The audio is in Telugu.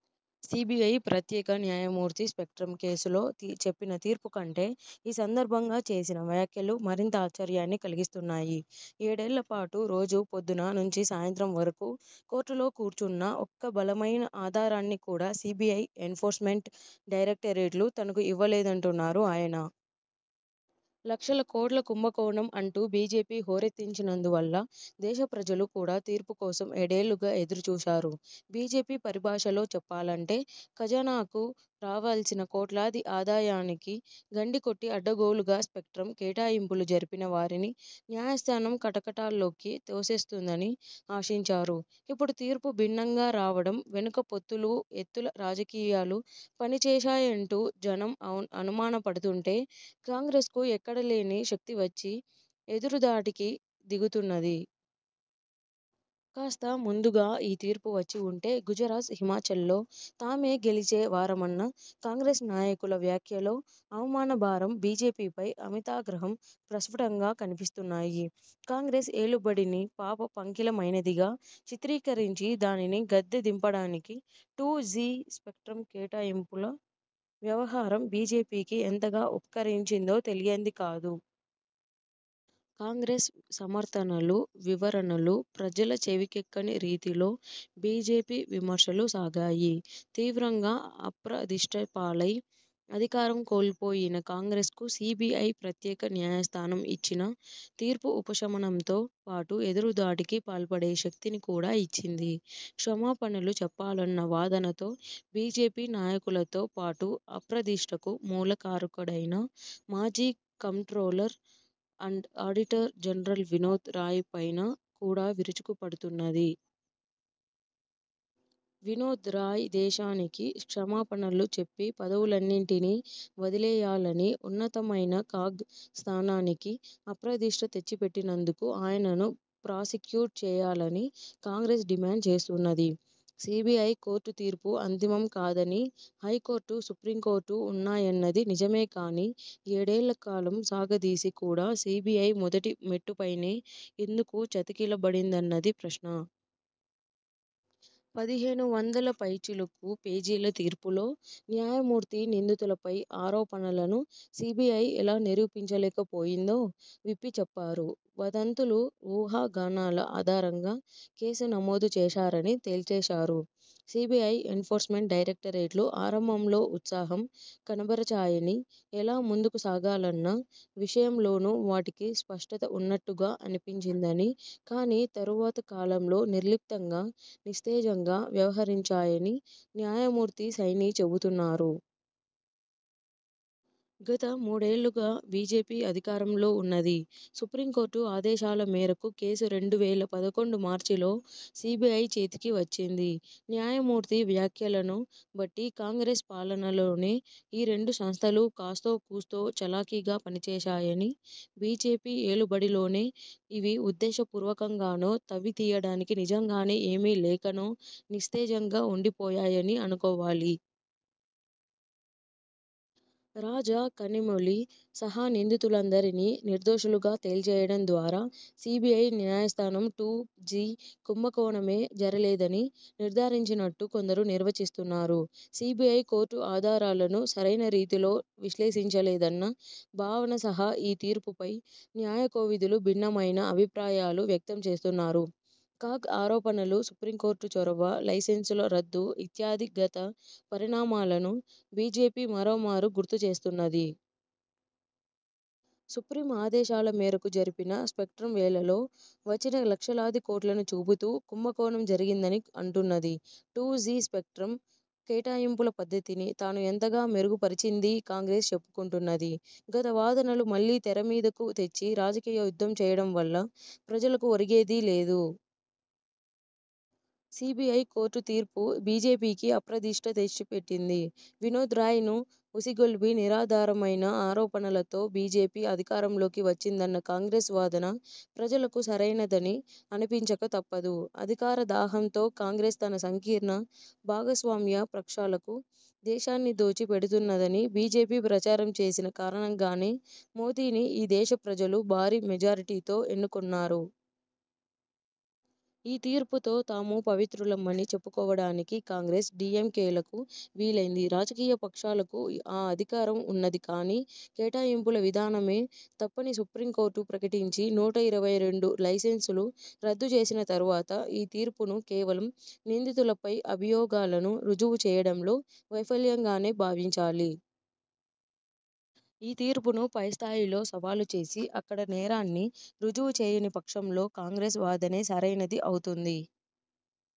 సీబీఐ ప్రత్యేక న్యాయమూర్తి స్పెక్ట్రమ్ కేసులో చెప్పిన తీర్పు కంటే, ఈ సందర్భంగా చేసిన వ్యాఖ్యలు మరింత ఆశ్చర్యాన్ని కలిగిస్తున్నాయి. ఏడేళ్ళపాటు రోజూ పొద్దున్న నుంచి సాయంత్రం వరకూ కోర్టులో కూర్చున్నా, ఒక్క బలమైన ఆధారాన్ని కూడా సీబీఐ, ఎన్ఫోర్స్ మెంట్ డైరక్టరేట్లు తనకు ఇవ్వలేదంటున్నారు ఆయన. లక్షల కోట్ల కుంభకోణం అంటూ బీజేపీ హోరెత్తించినందువల్ల దేశ ప్రజలు కూడా తీర్పు కోసం ఏడేళ్ళుగా ఎదురు చూశారు. బీజేపీ పరిభాషలో చెప్పాలంటే, ఖజనాకు రావాల్సిన కోట్లాది ఆదాయానికి గండికొట్టి అడ్డగోలుగా స్పెక్ట్రమ్ కేటాయింపులు జరిపిన వారిని న్యాయస్థానం కటకటాల్లోకి తోసేస్తుందని ఆశించారు. ఇప్పుడు తీర్పు భిన్నంగా రావడం వెనుక పొత్తులూ ఎత్తుల రాజకీయాలు పని చేశాయంటూ జనం అనుమానపడుతుంటే, కాంగ్రెస్కు ఎక్కడలేని శక్తీ వచ్చి ఎదురు దాడికి దిగుతున్నది. కాస్త ముందుగా ఈ తీర్పు వచ్చివుంటే గుజరాత్, హిమాచల్లో తామే గెలిచే వారమన్న కాంగ్రెస్ నాయకుల వ్యాఖ్యలో అవమాన భారం, బీజేపీపై అమితాగ్రహం ప్రస్ఫుటంగా కనిపిస్తున్నాయి. కాంగ్రెస్ ఏలుబడిని పాప పంకిలమైనదిగా చిత్రీకరించి, దానిని గద్దె దింపడానికి టూ జీ స్పెక్ట్రమ్ కేటాయింపుల వ్యవహారం బీజేపీకి ఎంతగా ఉపకరించిందో తెలియంది కాదు. కాంగ్రెస్ సమర్థనలు, వివరణలు ప్రజల చెవికెక్కని రీతిలో బీజేపీ విమర్శలు సాగాయి. తీవ్రంగా అప్రదిష్టపాలై, అధికారం కోల్పోయిన కాంగ్రెస్కు సీబీఐ ప్రత్యేక న్యాయస్థానం ఇచ్చిన తీర్పు ఉపశమనంతో పాటు ఎదురుదాడికి పాల్పడే శక్తిని కూడా ఇచ్చింది. క్షమాపణలు చెప్పాలన్న వాదనతో బీజేపీ నాయకులతో పాటు, అప్రదిష్టకు మూల కారకుడైన మాజీ controller and auditor general Vinod Rai పైన కూడా విరుచుకుపడుతున్నది. వినోద్ రాయ్ దేశానికి క్షమాపణలు చెప్పి పదవులన్నింటినీ వదిలేయాలనీ, ఉన్నతమైన కాగ్ స్థానానికి అప్రదిష్ట తెచ్చిపెట్టినందుకు ఆయనను ప్రాసిక్యూట్ చేయాలని కాంగ్రెస్ డిమాండ్ చేస్తున్నది. సీబీఐ కోర్టు తీర్పు అంతిమం కాదనీ, హైకోర్టు, సుప్రీంకోర్టూ ఉన్నాయన్నది నిజమే కానీ, ఏడేళ్ళ కాలం సాగదీసి కూడా సీబీఐ మొదటి మెట్టుపైనే ఎందుకు చతికిలబడిందన్నది ప్రశ్న. పదిహేనువందల పైచిలుకు పేజీల తీర్పులో న్యాయమూర్తి నిందితులపై ఆరోపణలను సీబీఐ ఎలా నిరూపించలేకపోయిందో విప్పి చెప్పారు. వదంతులు, ఊహాగానాల ఆధారంగా కేసు నమోదు చేశారని తేల్చేశారు. సీబీఐ, ఎన్ఫోర్స్మెంట్ డైరక్టరేట్లు ఆరంభంలో ఉత్సాహం కనబరచాయనీ, ఎలా ముందుకు సాగాలన్న విషయంలోనూ వాటికి స్పష్టత ఉన్నట్టుగా అనిపించిందనీ, కానీ తరువాత కాలంలో నిర్లిప్తంగా, నిస్తేజంగా వ్యవహరించాయని న్యాయమూర్తి సైనీ చెబుతున్నారు. గత మూడేళ్ళుగా బీజేపీ అధికారంలో ఉన్నది. సుప్రీంకోర్టు ఆదేశాల మేరకు కేసు రెండు వేల పదకొండు మార్చిలో సీబీఐ చేతికి వచ్చింది. న్యాయమూర్తి వ్యాఖ్యలను బట్టి కాంగ్రెస్ పాలనలోనే ఈ రెండు సంస్థలూ కాస్తోకూస్తో చలాకీగా పనిచేశాయనీ, బీజేపీ ఏలుబడిలోనే ఇవి ఉద్దేశ పూర్వకంగానో, తవ్వి తీయడానికి నిజంగానే ఏమీ లేకనో నిస్తేజంగా ఉండిపోయాయనీ అనుకోవాలి. రాజా, కనిమొళి సహా నిందితులందరినీ నిర్దోషులుగా తేల్చేయడం ద్వారా సీబీఐ న్యాయస్థానం టూ జీ కుంభకోణమే జరలేదని నిర్ధారించినట్టు కొందరు నిర్వచిస్తున్నారు. సీబీఐ కోర్టు ఆధారాలను సరైన రీతిలో విశ్లేషించలేదన్న భావన సహా ఈ తీర్పుపై న్యాయకోవిదులు భిన్నమైన అభిప్రాయాలు వ్యక్తంచేస్తున్నారు. కాగ్ ఆరోపణలు, సుప్రీంకోర్టు చొరవ, లైసెన్సుల రద్దు ఇత్యాది గత పరిణామాలను బీజేపీ మరోమారు గుర్తుచేస్తున్నది. సుప్రీం ఆదేశాల మేరకు జరిపిన స్పెక్ట్రమ్ వేలంలో వచ్చిన లక్షలాది కోట్లను చూపుతూ కుంభకోణం జరిగిందని అంటున్నది. టూ జీ స్పెక్ట్రమ్ కేటాయింపుల పద్ధతిని తాను ఎంతగా మెరుగు పరచిందీ కాంగ్రెస్ చెప్పుకుంటున్నది. గత వాదనలు మళ్ళీ తెరమీదకు తెచ్చి రాజకీయ యుద్ధం చేయడం వల్ల ప్రజలకు ఒరిగేదీ లేదు. సీబీఐ కోర్టు తీర్పు బీజేపీకి అప్రదిష్ట తెచ్చిపెట్టింది. వినోద్ రాయ్ ను ఉసిగొల్పి, నిరాధారమైన ఆరోపణలతో బీజేపీ అధికారంలోకి వచ్చిందన్న కాంగ్రెస్ వాదన ప్రజలకు సరైనదని అనిపించక తప్పదు. అధికార దాహంతో కాంగ్రెస్ తన సంకీర్ణ భాగస్వామ్య పక్షాలకు దేశాన్ని దోచి పెడుతున్నదని బీజేపీ ప్రచారం చేసిన కారణంగానే, మోదీని ఈ దేశ ప్రజలు భారీ మెజారిటీతో ఎన్నుకున్నారు. ఈ తీర్పుతో తాము పవిత్రులమని చెప్పుకోవడానికి కాంగ్రెస్, డీఎంకేలకు వీలైంది. రాజకీయపక్షాలకు ఆ అధికారం ఉన్నది కానీ, కేటాయింపుల విధానమే తప్పని సుప్రీంకోర్టు ప్రకటించి, నూట ఇరవై రెండు లైసెన్సులు రద్దుచేసిన తరువాత, ఈ తీర్పును కేవలం నిందితులపై అభియోగాలను రుజువు చేయడంలో వైఫల్యంగానే భావించాలి. ఈ తీర్పును పైస్థాయిలో సవాలు చేసి, అక్కడ నేరాన్ని రుజువుచేయని పక్షంలో కాంగ్రెస్ వాదనే సరైనది అవుతుంది.